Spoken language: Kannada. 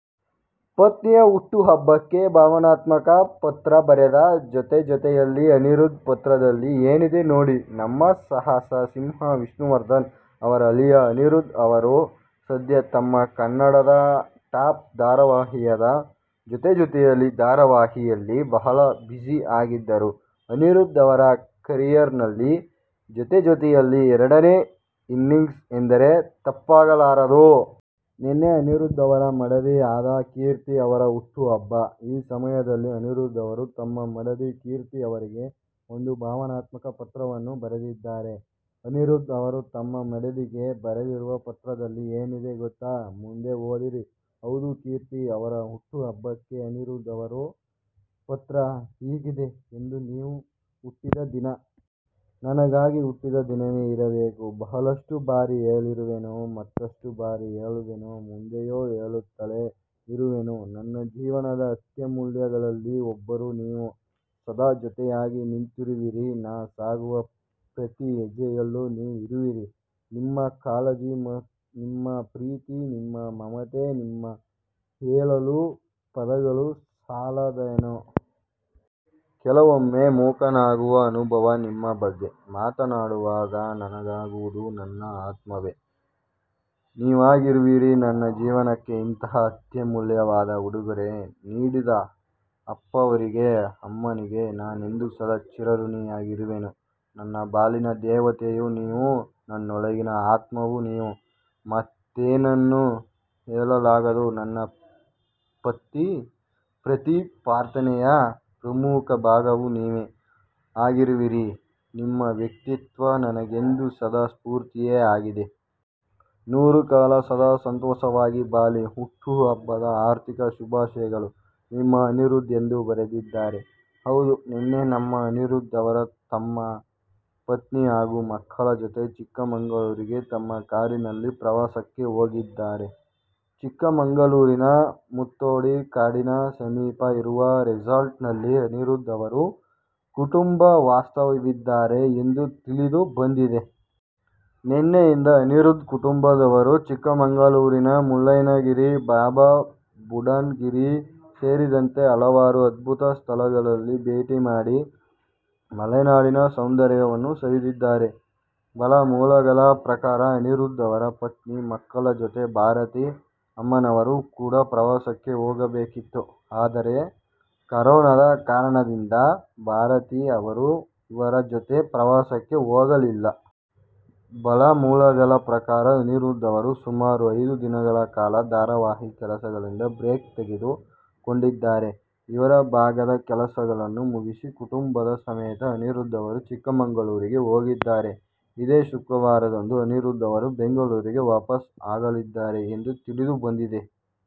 ಪತ್ನಿಯ ಹುಟ್ಟು ಹಬ್ಬಕ್ಕೆ ಭಾವನಾತ್ಮಕ ಪತ್ರ ಬರೆದ ಜೊತೆಜೊತೆಯಲಿ ಅನಿರುಧ್. ಪತ್ರದಲ್ಲಿ ಏನಿದೆ ನೋಡಿ ನಮ್ಮ ಸಾಹಸ ಸಿಂಹ ವಿಷ್ಣುವರ್ಧನ್ ಅವರ ಅಳಿಯ ಅನಿರುಧ್ ಅವರು ಸದ್ಯ ತಮ್ಮ ಕನ್ನಡದ ಟಾಪ್ ದಾರಾವಾಹಿಯಾದ ಜೊತೆಜೊತೆಯಲಿ ಧಾರಾವಾಹಿ ಯಲ್ಲಿ ಬಹಳ ಬ್ಯುಸಿ ಆಗಿದ್ದಾರೆ. ಅನಿರುಧ್ ಅವರ ಕರಿಯರ್ ನಲ್ಲಿ ಜೊತೆಜೊತೆಯಲಿ ಎರಡನೇ ಇನ್ನಿಂಗ್ಸ್ ಎಂದರೆ ತಪ್ಪಾಗಲಾರದು. ನೆನ್ನೆ ಅನಿರುಧ್ ಅವರ ಮಡದಿ ಆದ ಕೀರ್ತಿ ಅವರ ಹುಟ್ಟು ಹಬ್ಬ. ಈ ಸಮಯದಲ್ಲಿ ಅನಿರುಧ್ ಅವರು ತಮ್ಮ ಮಡದಿ ಕೀರ್ತಿ ಅವರಿಗೆ ಒಂದು ಭಾವನಾತ್ಮಕ ಪತ್ರವನ್ನು ಬರೆದಿದ್ದಾರೆ. ಅನಿರುಧ್ ಅವರು ತಮ್ಮ ಮಡದಿಗೆ ಬರೆದಿರುವ ಪತ್ರದಲ್ಲಿ ಏನಿದೆ ಗೊತ್ತಾ! ಮುಂದೆ ಓದಿರಿ ಹೌದು, ಕೀರ್ತಿ ಅವರ ಹುಟ್ಟು ಹಬ್ಬಕ್ಕೆ ಅನಿರುಧ್ ಅವರು ಪತ್ರ ಹೀಗಿದೆ "ಇಂದು ನೀವು ಹುಟ್ಟಿದ ದಿನ. ನನಗಾಗಿ ಹುಟ್ಟಿದ ದಿನವೇ ಇರಬೇಕು. ಬಹಳಷ್ಟು ಬಾರಿ ಹೇಳಿರುವೆನು. ಮತ್ತಷ್ಟು ಬಾರಿ ಹೇಳುವೆನು. ಮುಂದೆಯೂ ಹೇಳುತ್ತಲೇ ಇರುವೆನು. ನನ್ನ ಜೀವನದ ಅತ್ಯಮೂಲ್ಯಗಳಲ್ಲಿ ಒಬ್ಬರು ನೀವು. ಸದಾ ಜೊತೆಯಾಗಿ ನಿಂತಿರುವಿರಿ. ನಾ ಸಾಗುವಾಗ ಪ್ರತಿ ಹೆಜ್ಜೆಯಲ್ಲಿಯೂ ನೀವಿರುವಿರಿ. ನಿಮ್ಮ ಕಾಳಜಿ, ನಿಮ್ಮ ಪ್ರೀತಿ, ನಿಮ್ಮ ಮಮತೆ, ನಿಮ್ಮ ಹೇಳಲು ಪದಗಳು ಸಾಲದೆನಗೆ. ಕೆಲವೊಮ್ಮೆ ಮೂಕನಾಗುವ ಅನುಭವ ನಿಮ್ಮ ಬಗ್ಗೆ ಮಾತನಾಡುವಾಗ ನನಗಾಗುವುದು. ನನ್ನ ಆತ್ಮವೇ ನೀವಾಗಿರುವಿರಿ. ನನ್ನ ಜೀವನಕ್ಕೆ ಇಂತಹ ಅತ್ಯಮೂಲ್ಯವಾದ ಉಡುಗೊರೆ ನೀಡಿದ ಅಪ್ಪಾವ್ರಿಗೆ, ಅಮ್ಮನಿಗೆ ನಾನೆಂದೂ ಸದಾ ಚಿರಋಣಿಯಾಗಿರುವೆನು. ನನ್ನ ಬಾಳಿನ ದೇವತೆಯೂ ನೀವು, ನನ್ನೊಳಗಿನ ಆತ್ಮವೂ ನೀವು, ಮತ್ತೇನನ್ನು ಹೇಳಲಾಗದು. ನನ್ನ ಪ್ರತಿ ಪ್ರಾರ್ಥನೆಯ ಪ್ರಮುಖ ಭಾಗವೂ ನೀವೆ ಆಗಿರುವಿರಿ, ನಿಮ್ಮ ವ್ಯಕ್ತಿತ್ವ ನನಗೆಂದೂ ಸದಾ ಸ್ಪೂರ್ತಿಯೇ ಆಗಿದೆ.. ನೂರ್ಕಾಲ ಸದಾ ಸಂತೋಷವಾಗಿ ಬಾಳಿ.. ಹುಟ್ಟು ಹಬ್ಬದ ಹಾರ್ದಿಕ ಶುಭಾಶಯಗಳು. ನಿಮ್ಮ ಅನಿರುಧ್ ಎಂದು ಬರೆದಿದ್ದಾರೆ. ಹೌದು ನೆನ್ನೆ ನಮ್ಮ ಅನಿರುಧ್ ಅವರು ತಮ್ಮ ಪತ್ನಿ, ಹಾಗು ಮಕ್ಕಳ ಜೊತೆ ಚಿಕ್ಕಮಗಳೂರಿಗೆ ತಮ್ಮ ಕಾರಿನಲ್ಲಿ ಪ್ರವಾಸಕ್ಕೆ ಹೋಗಿದ್ದಾರೆ. ಚಿಕ್ಕಮಗಳೂರಿನ ಮುತ್ತೋಡಿ ಕಾಡಿನ ಸಮೀಪ ಇರುವ ರೆಸಾರ್ಟ್ ನಲ್ಲಿ ಅನಿರುಧ್ ಅವರ ಕುಟುಂಬ ವಾಸವಿದ್ದಾರೆ ಎಂದು ತಿಳಿದು ಬಂದಿದೆ. ನೆನ್ನೆಯಿಂದ ಅನಿರುಧ್ ಕುಟುಂಬದವರು, ಚಿಕ್ಕಮಗಳೂರಿನ ಮುಳ್ಳಯ್ಯನಗಿರಿ, ಬಾಬಾ ಬುಡನ್ ಗಿರಿ ಸೇರಿದಂತೆ ಹಲವಾರು ಅದ್ಭುತ ಸ್ಥಳಗಳನ್ನು ಭೇಟಿ ಮಾಡಿ ಮಲೆನಾಡಿನ ಸೌಂದರ್ಯವನ್ನು ಸವಿದಿದ್ದಾರೆ. ಬಲ್ಲ ಮೂಲಗಳ ಪ್ರಕಾರ ಅನಿರುಧ್ ಅವರ ಪತ್ನಿ, ಮಕ್ಕಳ ಜೊತೆ, ಭಾರತಿ ಅಮ್ಮನವರು ಕೂಡ ಪ್ರವಾಸಕ್ಕೆ ಹೋಗಬೇಕಿತ್ತು. ಆದರೆ ಈ ಕರೋನದ ಕಾರಣದಿಂದ ಭಾರತಿ ಅವರು ಇವರ ಜೊತೆ ಪ್ರವಾಸಕ್ಕೆ ಹೋಗಲಿಲ್ಲ. ಬಲ್ಲ ಮೂಲಗಳ ಪ್ರಕಾರ ಅನಿರುಧ್ ಅವರು ಸುಮಾರು ಐದು ದಿನಗಳ ಕಾಲ ಧಾರಾವಾಹಿ ಕೆಲಸಗಳಿಂದ ಬ್ರೇಕ್ ತೆಗೆದು ಕೊಂಡಿದ್ದಾರೆ. ಇವರ ಭಾಗದ ಕೆಲಸಗಳನ್ನು ಮುಗಿಸಿ, ಕುಟುಂಬದ ಸಮೇತ ಅನಿರುಧ್ ಅವರು ಚಿಕ್ಕಮಗಳೂರಿಗೆ ಹೋಗಿದ್ದಾರೆ. ಇದೇ ಶುಕ್ರವಾರದಂದು ಅನಿರುಧ್ ಅವರು ಬೆಂಗಳೂರಿಗೆ ವಾಪಾಸ್ ಆಗಲಿದ್ದಾರೆ ಎಂದು ತಿಳಿದು ಬಂದಿದೆ.